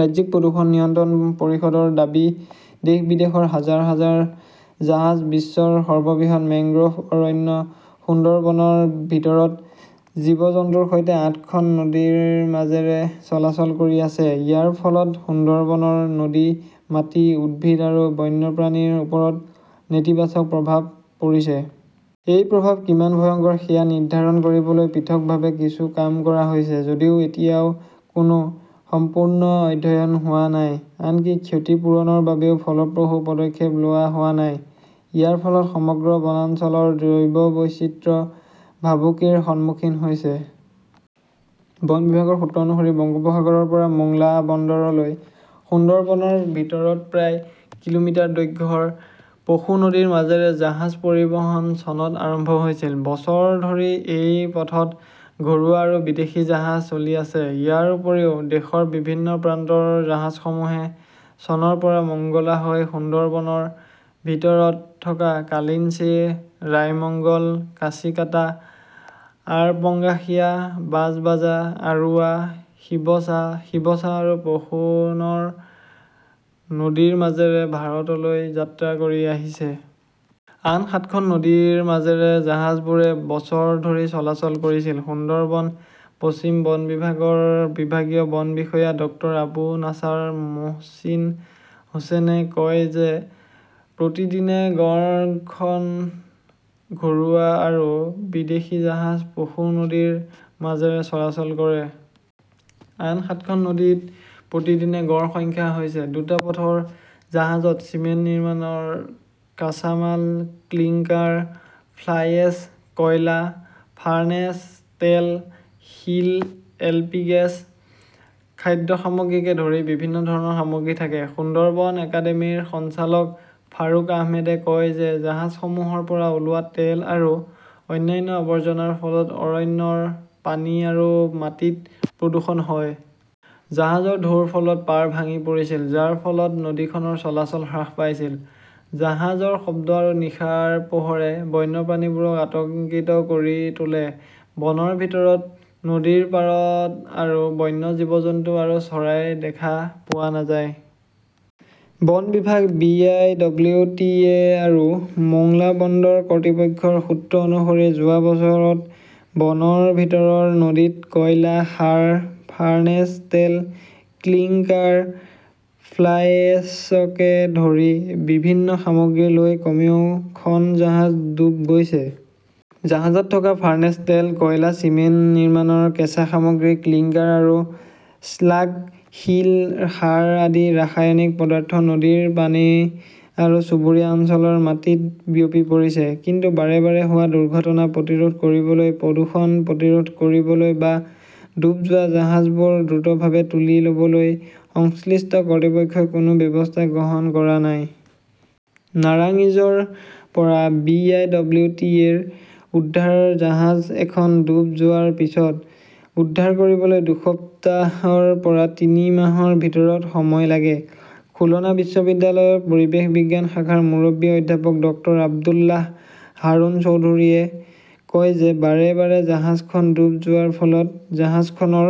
ৰাজ্যিক প্ৰদূষণ নিয়ন্ত্ৰণ পৰিষদৰ দাবী দেশ-বিদেশৰ হাজাৰ হাজাৰ জাহাজ বিশ্বৰ সৰ্ববৃহৎ মেংগ্ৰোভ অৰণ্য সুন্দৰবনৰ ভিতৰত জীৱ-জন্তুৰ সৈতে আঠখন নদীৰ মাজেৰে চলাচল কৰি আছে। ইয়াৰ ফলত সুন্দৰবনৰ নদী, মাটি, উদ্ভিদ আৰু বন্যপ্ৰাণীৰ ওপৰত নেতিবাচক প্ৰভাৱ পৰিছে। এই প্ৰভাৱ কিমান ভয়ংকৰ সেয়া নিৰ্ধাৰণ কৰিবলৈ পৃথকভাৱে কিছু কাম কৰা হৈছে যদিও এতিয়াও কোনো সম্পূৰ্ণ অধ্যয়ন হোৱা নাই। আনকি ক্ষতি পূৰণৰ বাবেও ফলপ্ৰসূ পদক্ষেপ লোৱা হোৱা নাই। ইয়াৰ ফলত সমগ্ৰ বনাঞ্চলৰ জৈৱ বৈচিত্ৰ্য ভাবুকিৰ সন্মুখীন হৈছে। বন বিভাগৰ সূত্ৰ অনুসৰি, বংগোপসাগৰৰ পৰা মোংলা বন্দৰলৈ সুন্দৰবনৰ ভিতৰত প্ৰায় কিলোমিটাৰ দৈৰ্ঘ্যৰ পশু নদীৰ মাজেৰে জাহাজ পৰিবহণ চনত আৰম্ভ হৈছিল। বছৰ ধৰি এই পথত ঘৰুৱা আৰু বিদেশী জাহাজ চলি আছে। ইয়াৰ উপৰিও, দেশৰ বিভিন্ন প্ৰান্তৰ জাহাজসমূহে চনৰ পৰা মংগলা হৈ সুন্দৰবনৰ ভিতৰত থকা কালিঞ্চি, ৰায়মঙ্গল, কাছিকাটা, আৰপঙ্গাসিয়া, বাজবাজা, আৰুৱা শিৱছা, শিৱছা আৰু পশুনৰ নদীৰ মাজেৰে ভাৰতলৈ যাত্ৰা কৰি আহিছে। আন সাতখন নদীৰ মাজেৰে জাহাজবোৰে বছৰ ধৰি চলাচল কৰিছিল। সুন্দৰবন পশ্চিম বন বিভাগৰ বিভাগীয় বন বিষয়া ডক্টৰ আবু নাছাৰ মোহচিন হুচেনে কয় যে প্ৰতিদিনে গড় খন ঘৰুৱা আৰু বিদেশী জাহাজ পশু নদীৰ মাজেৰে চলাচল কৰে। আন সাতখন নদীত প্ৰতিদিনে গড় সংখ্যা হৈছে। দুটা পথৰ জাহাজত চিমেণ্ট নিৰ্মাণৰ কাঁচামাল ক্লিংকাৰ, ফ্লাইএছ, কয়লা, ফাৰ্নেচ তেল, শিল, এলপি গেছ, খাদ্য সামগ্ৰীকে ধৰি বিভিন্ন ধৰণৰ সামগ্ৰী থাকে। সুন্দৰবন একাডেমীৰ সঞ্চালক ফাৰুক আহমেদে কয় যে জাহাজসমূহৰ পৰা ওলোৱা তেল আৰু অন্যান্য আৱৰ্জনাৰ ফলত অৰণ্যৰ পানী আৰু মাটিত প্ৰদূষণ হয়। জাহাজৰ ঢৌৰ ফলত পাৰ ভাঙি পৰিছিল, যাৰ ফলত নদীখনৰ চলাচল হ্ৰাস পাইছিল। জাহাজৰ শব্দ আৰু নিশাৰ পোহৰে বন্যপ্ৰাণীবোৰক আতংকিত কৰি তোলে। বনৰ ভিতৰত নদীৰ পাৰত আৰু বন্য জীৱ-জন্তু আৰু চৰাই দেখা পোৱা নাযায়। বন বিভাগ, B. I. W. T. A. আৰু মোংলা বন্দৰ কৰ্তৃপক্ষৰ সূত্ৰ অনুসৰি যোৱা বছৰত বনৰ ভিতৰৰ নদীত কয়লা, সাৰ, ফাৰ্নেচ তেল, ক্লিংকাৰ, ফ্লাইএশ্বকে ধৰি বিভিন্ন সামগ্ৰী লৈ কমেও খন জাহাজ ডুব গৈছে। জাহাজত থকা ফাৰ্নেছ তেল, কয়লা, চিমেণ্ট নিৰ্মাণৰ কেঁচা সামগ্ৰী ক্লিংকাৰ আৰু স্লাগ, শিল, সাৰ আদি ৰাসায়নিক পদাৰ্থ নদীৰ পানী আৰু চুবুৰীয়া অঞ্চলৰ মাটিত বিয়পি পৰিছে। কিন্তু বাৰে বাৰে হোৱা দুৰ্ঘটনা প্ৰতিৰোধ কৰিবলৈ, প্ৰদূষণ প্ৰতিৰোধ কৰিবলৈ বা ডুব যোৱা জাহাজবোৰ দ্ৰুতভাৱে তুলি ল "বলৈ সংশ্লিষ্ট কৰ্তৃপক্ষই কোনো ব্যৱস্থা গ্ৰহণ কৰা নাই। নাৰাংইজৰ পৰা বি. আই. ডব্লিউ. টি. এ.ৰ উদ্ধাৰ জাহাজ এখন ডুব যোৱাৰ পিছত উদ্ধাৰ কৰিবলৈ দুসপ্তাহৰ পৰা তিনি মাহৰ ভিতৰত সময় লাগে। খুলনা বিশ্ববিদ্যালয়ৰ পৰিৱেশ বিজ্ঞান শাখাৰ মুৰব্বী অধ্যাপক ডক্টৰ আব্দুল্লাহ হাৰুন চৌধুৰীয়ে কয় যে বাৰে বাৰে জাহাজখন ডুব যোৱাৰ ফলত জাহাজখনৰ